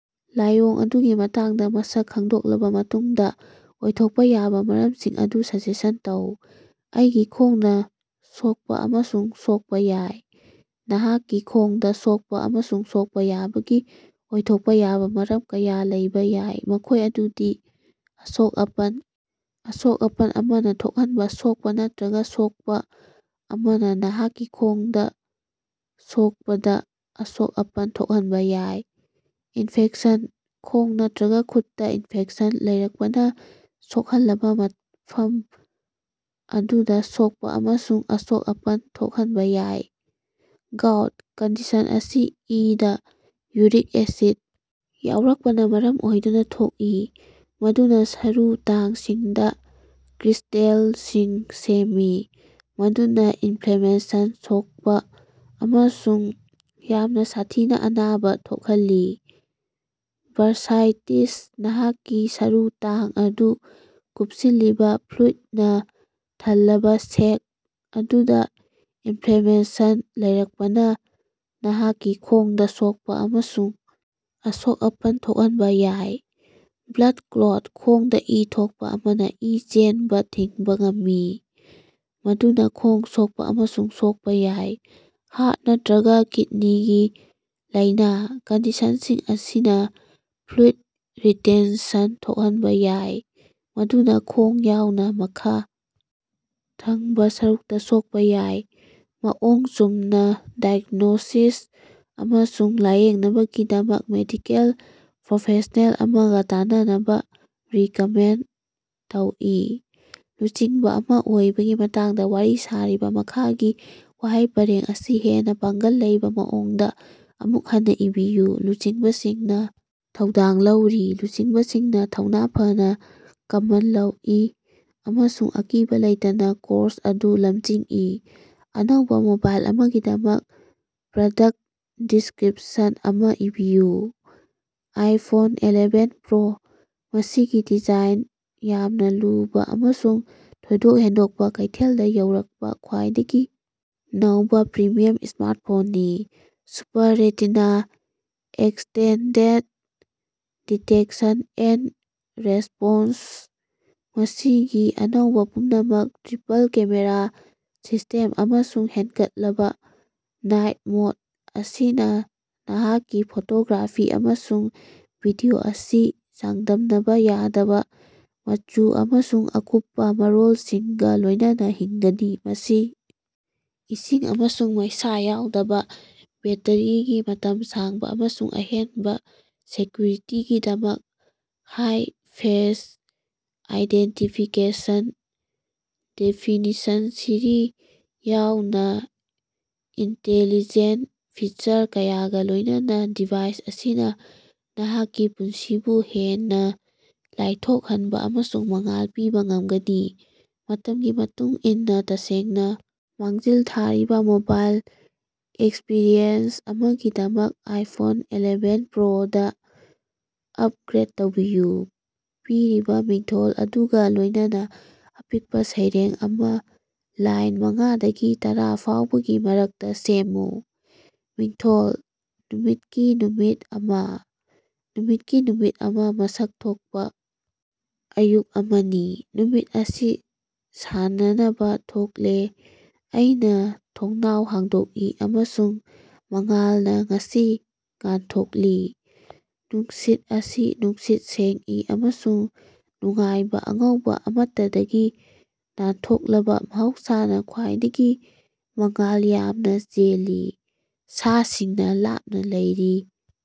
ꯂꯥꯏꯑꯣꯡ ꯑꯗꯨꯒꯤ ꯃꯇꯥꯡꯗ ꯃꯁꯛ ꯈꯪꯗꯣꯛꯂꯕ ꯃꯇꯨꯡꯗ, ꯑꯣꯏꯊꯣꯛꯄ ꯌꯥꯕ ꯃꯔꯝꯁꯤꯡ ꯑꯗꯨ ꯁꯖꯦꯁꯟ ꯇꯧ꯫ ꯑꯩꯒꯤ ꯈꯣꯡꯅ ꯁꯣꯛꯄ ꯑꯃꯁꯨꯡ ꯁꯣꯛꯄ ꯌꯥꯏ꯫ ꯅꯍꯥꯛꯀꯤ ꯈꯣꯡꯗ ꯁꯣꯛꯄ ꯑꯃꯁꯨꯡ ꯁꯣꯛꯄ ꯌꯥꯕꯒꯤ ꯑꯣꯏꯊꯣꯛꯄ ꯌꯥꯕ ꯃꯔꯝ ꯀꯌꯥ ꯂꯩꯕ ꯌꯥꯏ, ꯃꯈꯣꯏ ꯑꯗꯨꯗꯤ- ꯑꯁꯣꯛ-ꯑꯄꯟ: ꯑꯁꯣꯛ-ꯑꯄꯟ ꯑꯃꯅ ꯊꯣꯛꯍꯟꯕ ꯁꯣꯛꯄ ꯅꯠꯇ꯭ꯔꯒ ꯁꯣꯛꯄ ꯑꯃꯅ ꯅꯍꯥꯛꯀꯤ ꯈꯣꯡꯗ ꯁꯣꯀꯄꯗ ꯑꯁꯣꯛ-ꯑꯄꯟ ꯊꯣꯛꯍꯟꯕ ꯌꯥꯏ꯫ ꯏꯟꯐꯦꯛꯁꯟ: ꯈꯣꯡ ꯅꯠꯇ꯭ꯔꯒ ꯈꯨꯠꯇ ꯏꯟꯐꯦꯛꯁꯟ ꯂꯩꯔꯛꯄꯅ ꯁꯣꯛꯍꯜꯂꯕ ꯃꯐꯝ ꯑꯗꯨꯗ ꯁꯣꯛꯄ ꯑꯃꯁꯨꯡ ꯑꯁꯣꯛ-ꯑꯄꯟ ꯊꯣꯛꯍꯟꯕ ꯌꯥꯏ꯫ ꯒꯥꯎꯠ: ꯀꯟꯗꯤꯁꯟ ꯑꯁꯤ ꯏꯗ ꯌꯨꯔꯤꯛ ꯑꯦꯁꯤꯗ ꯌꯥꯎꯔꯛꯄꯅ ꯃꯔꯝ ꯑꯣꯏꯗꯨꯅ ꯊꯣꯛꯏ, ꯃꯗꯨꯅ ꯁꯔꯨ ꯇꯥꯡꯁꯤꯡꯗ ꯀ꯭ꯔꯤꯁꯇꯦꯜꯁꯤꯡ ꯁꯦꯝꯃꯤ, ꯃꯗꯨꯅ ꯏꯟꯐ꯭ꯂꯦꯃꯦꯁꯟ, ꯁꯣꯛꯄ ꯑꯃꯁꯨꯡ ꯌꯥꯝꯅ ꯁꯥꯊꯤꯅ ꯑꯅꯥꯕ ꯊꯣꯛꯍꯜꯂꯤ꯫ ꯕꯔꯁꯥꯏꯇꯤꯁ: ꯅꯍꯥꯛꯀꯤ ꯁꯔꯨ ꯇꯥꯡ ꯑꯗꯨ ꯀꯨꯞꯁꯤꯜꯂꯤꯕ ꯐ꯭ꯂꯨꯏꯗꯅ ꯊꯜꯂꯕ ꯁꯦꯛ ꯑꯗꯨꯗ ꯏꯅꯐ꯭ꯂꯦꯃꯦꯁꯟ ꯂꯩꯔꯛꯄꯅ ꯅꯍꯥꯛꯀꯤ ꯈꯣꯡꯗ ꯁꯣꯛꯄ ꯑꯃꯁꯨꯡ ꯑꯁꯣꯛ-ꯑꯄꯟ ꯊꯣꯛꯍꯟꯕ ꯌꯥꯏ꯫ ꯕ꯭ꯂꯗ ꯀ꯭ꯂꯣꯠ: ꯈꯣꯡꯗ ꯏ ꯊꯣꯛꯄ ꯑꯃꯅ ꯏ ꯆꯦꯟꯕ ꯊꯤꯡꯕ ꯉꯝꯃꯤ, ꯃꯗꯨꯅ ꯈꯣꯡ ꯁꯣꯛꯄ ꯑꯃꯁꯨꯡ ꯁꯣꯛꯄ ꯌꯥꯏ꯫ ꯍꯥꯔꯠ ꯅꯠꯇ꯭ꯔꯒ ꯀꯤꯗꯅꯤꯒꯤ ꯂꯥꯏꯅꯥ: ꯀꯟꯗꯤꯁꯟꯁꯤꯡ ꯑꯁꯤꯅ ꯐ꯭ꯂꯨꯏꯗ ꯔꯤꯇꯦꯟꯁꯟ ꯊꯣꯛꯍꯟꯕ ꯌꯥꯏ, ꯃꯗꯨꯅ ꯈꯣꯡ ꯌꯥꯎꯅ ꯃꯈꯥ ꯊꯪꯕ ꯁꯔꯨꯛꯇ ꯁꯣꯛꯄ ꯌꯥꯏ꯫ ꯃꯑꯣꯡ ꯆꯨꯝꯅ ꯗꯥꯏꯒꯅꯣꯁꯤꯁ ꯑꯃꯁꯨꯡ ꯂꯥꯏꯌꯦꯡꯅꯕꯒꯤꯗꯃꯛ ꯃꯦꯗꯤꯀꯦꯜ ꯄ꯭ꯔꯣꯐꯦꯁꯅꯦꯜ ꯑꯃꯒ ꯇꯥꯟꯅꯅꯕ ꯔꯦꯀꯃꯦꯟꯗ ꯇꯧꯏ꯫ ꯂꯨꯆꯤꯡꯕ ꯑꯃ ꯑꯣꯏꯕꯒꯤ ꯃꯇꯥꯡꯗ ꯋꯥꯔꯤ ꯁꯥꯔꯤꯕ ꯃꯈꯥꯒꯤ ꯋꯥꯍꯩ ꯄꯔꯦꯡ ꯑꯁꯤ ꯍꯦꯟꯅ ꯄꯥꯡꯒꯜ ꯂꯩꯕ ꯃꯑꯣꯡꯗ ꯑꯃꯨꯛ ꯍꯟꯅ ꯏꯕꯤꯌꯨ꯫ ꯂꯨꯆꯤꯡꯕꯁꯤꯡꯅ ꯊꯧꯗꯥꯡ ꯂꯧꯔꯤ꯫ ꯂꯨꯆꯤꯡꯕꯁꯤꯡꯅ ꯊꯧꯅꯥ ꯐꯅ ꯀꯝꯃꯟ ꯂꯧꯏ ꯑꯃꯁꯨꯡ ꯑꯀꯤꯕ ꯂꯩꯇꯅ ꯀꯣꯔꯁ ꯑꯗꯨ ꯂꯝꯖꯤꯡꯏ꯫ ꯑꯅꯧꯕ ꯃꯣꯕꯥꯏꯜ ꯑꯃꯒꯤꯗꯃꯛ ꯄ꯭ꯔꯗꯛ ꯗꯤꯁꯀ꯭ꯔꯤꯞꯁꯟ ꯑꯃ ꯏꯕꯤꯌꯨ꯫ ꯑꯥꯏꯐꯣꯟ ꯑꯦꯂꯦꯕꯦꯟ ꯄ꯭ꯔꯣ, ꯃꯁꯤꯒꯤ ꯗꯤꯖꯥꯏꯟꯗ ꯌꯥꯝꯅ ꯂꯨꯕ ꯑꯃꯁꯨꯡ ꯊꯣꯏꯗꯣꯛ ꯍꯦꯟꯗꯣꯛꯄ, ꯀꯩꯊꯦꯜꯗ ꯌꯧꯔꯛꯄ ꯈ꯭ꯋꯥꯏꯗꯒꯤ ꯅꯧꯕ ꯄ꯭ꯔꯤꯃꯤꯌꯝ ꯁ꯭ꯃꯥꯔꯠꯐꯣꯟꯅꯤ꯫ Super retina extended detection and response ꯃꯁꯤꯒꯤ ꯑꯅꯧꯕ ꯄꯨꯝꯅꯃꯛ ꯇ꯭ꯔꯤꯄꯜ-ꯀꯦꯃꯦꯔꯥ ꯁꯤꯁ꯭ꯇꯦꯝ ꯑꯃꯁꯨꯡ ꯍꯦꯟꯒꯠꯂꯕ ꯅꯥꯏꯠ ꯃꯣꯗ ꯑꯁꯤꯅ ꯅꯍꯥꯛꯀꯤ ꯐꯣꯇꯣꯒ꯭ꯔꯥꯐꯤ ꯑꯃꯁꯨꯡ ꯚꯤꯗꯤꯑꯣ ꯑꯁꯤ ꯆꯥꯡꯗꯝꯅꯕ ꯌꯥꯗꯕ ꯃꯆꯨ ꯑꯃꯁꯨꯡ ꯑꯀꯨꯞꯄ ꯃꯔꯣꯜꯁꯤꯡꯒ ꯂꯣꯏꯅꯅ ꯍꯤꯡꯒꯅꯤ꯫ ꯃꯁꯤ ꯏꯁꯤꯡ ꯑꯃꯁꯨꯡ ꯃꯩꯁꯥ ꯌꯥꯎꯗꯕ, ꯕꯦꯠꯇꯔꯤꯒꯤ ꯃꯇꯝ ꯁꯥꯡꯕ, ꯑꯃꯁꯨꯡ ꯑꯍꯦꯟꯕ ꯁꯦꯀ꯭ꯌꯨꯔꯤꯇꯤꯒꯤꯗꯃꯛ ꯍꯥꯏ- ꯐꯦꯁ ꯑꯥꯏꯗꯦꯟꯇꯤꯐꯤꯀꯦꯁꯟ ꯗꯦꯐꯤꯅꯤꯁꯟꯁꯤꯔꯤ ꯌꯥꯎꯅ ꯏꯟꯇꯦꯂꯤꯖꯦꯟꯇ ꯐꯤꯆꯔ ꯀꯌꯥꯒ ꯂꯣꯏꯅꯅ ꯗꯤꯚꯥꯏꯁ ꯑꯁꯤꯅ ꯅꯍꯥꯛꯀꯤ ꯄꯨꯟꯁꯤꯕꯨ ꯍꯦꯟꯅ ꯂꯥꯏꯊꯣꯛꯍꯟꯕ ꯑꯃꯁꯨꯡ ꯃꯉꯥꯜ ꯄꯤꯕ ꯉꯝꯒꯅꯤ꯫ ꯃꯇꯝꯒꯤ ꯃꯇꯨꯡ ꯏꯟꯅ ꯇꯁꯦꯡꯅ ꯃꯥꯡꯖꯤꯜ ꯊꯥꯔꯤꯕ ꯃꯣꯕꯥꯏꯜ ꯑꯦꯛꯁꯄꯤꯔꯤꯑꯦꯟꯁ ꯑꯃꯒꯤꯗꯃꯛ ꯑꯥꯏꯐꯣꯟ ꯑꯦꯂꯦꯕꯦꯟ ꯄ꯭ꯔꯣꯗ ꯑꯞꯒ꯭ꯔꯦꯗ ꯇꯧꯕꯤꯌꯨ꯫ ꯄꯤꯔꯤꯕ ꯃꯤꯡꯊꯣꯜ ꯑꯗꯨꯒ ꯂꯣꯏꯅꯅ ꯑꯄꯤꯛꯄ ꯁꯩꯔꯦꯡ ꯑꯃ ꯂꯥꯏꯟ ꯃꯉꯥ ꯗꯒꯤ ꯇꯔꯥ ꯐꯥꯎꯕꯒꯤ ꯃꯔꯛꯇ ꯁꯦꯃꯃꯨ꯫ ꯃꯤꯡꯊꯣꯜ: ꯅꯨꯃꯤꯠꯀꯤ ꯅꯨꯃꯤꯠ ꯑꯃ꯫ ꯅꯨꯃꯤꯠꯀꯤ ꯅꯨꯃꯤꯠ ꯑꯃ ꯃꯁꯛ ꯊꯣꯛꯄ ꯑꯌꯨꯛ ꯑꯃꯅꯤ, ꯅꯨꯃꯤꯠ ꯑꯁꯤ ꯁꯥꯟꯅꯅꯕ ꯊꯣꯛꯂꯦ ꯑꯩꯅ ꯊꯣꯡꯅꯥꯎ ꯍꯥꯡꯗꯣꯛꯏ, ꯑꯃꯁꯨꯡ ꯃꯉꯥꯜꯅ ꯉꯁꯤ ꯉꯥꯟꯊꯣꯛꯂꯤ ꯅꯨꯡꯁꯤꯠ ꯑꯁꯤ ꯅꯨꯡꯁꯤꯠ ꯁꯦꯡꯏ ꯑꯃꯁꯨꯡ ꯅꯨꯡꯉꯥꯏꯕ, ꯑꯉꯧꯕ ꯑꯃꯠꯇꯗꯒꯤ ꯅꯥꯟꯊꯣꯛꯂꯕ ꯃꯍꯧꯁꯥꯅ ꯈ꯭ꯋꯥꯏꯗꯒꯤ ꯃꯉꯥꯜ ꯌꯥꯝꯅ ꯆꯦꯜꯂꯤ, ꯁꯥꯁꯤꯡꯅ ꯂꯥꯞꯅ ꯂꯩꯔꯤ꯫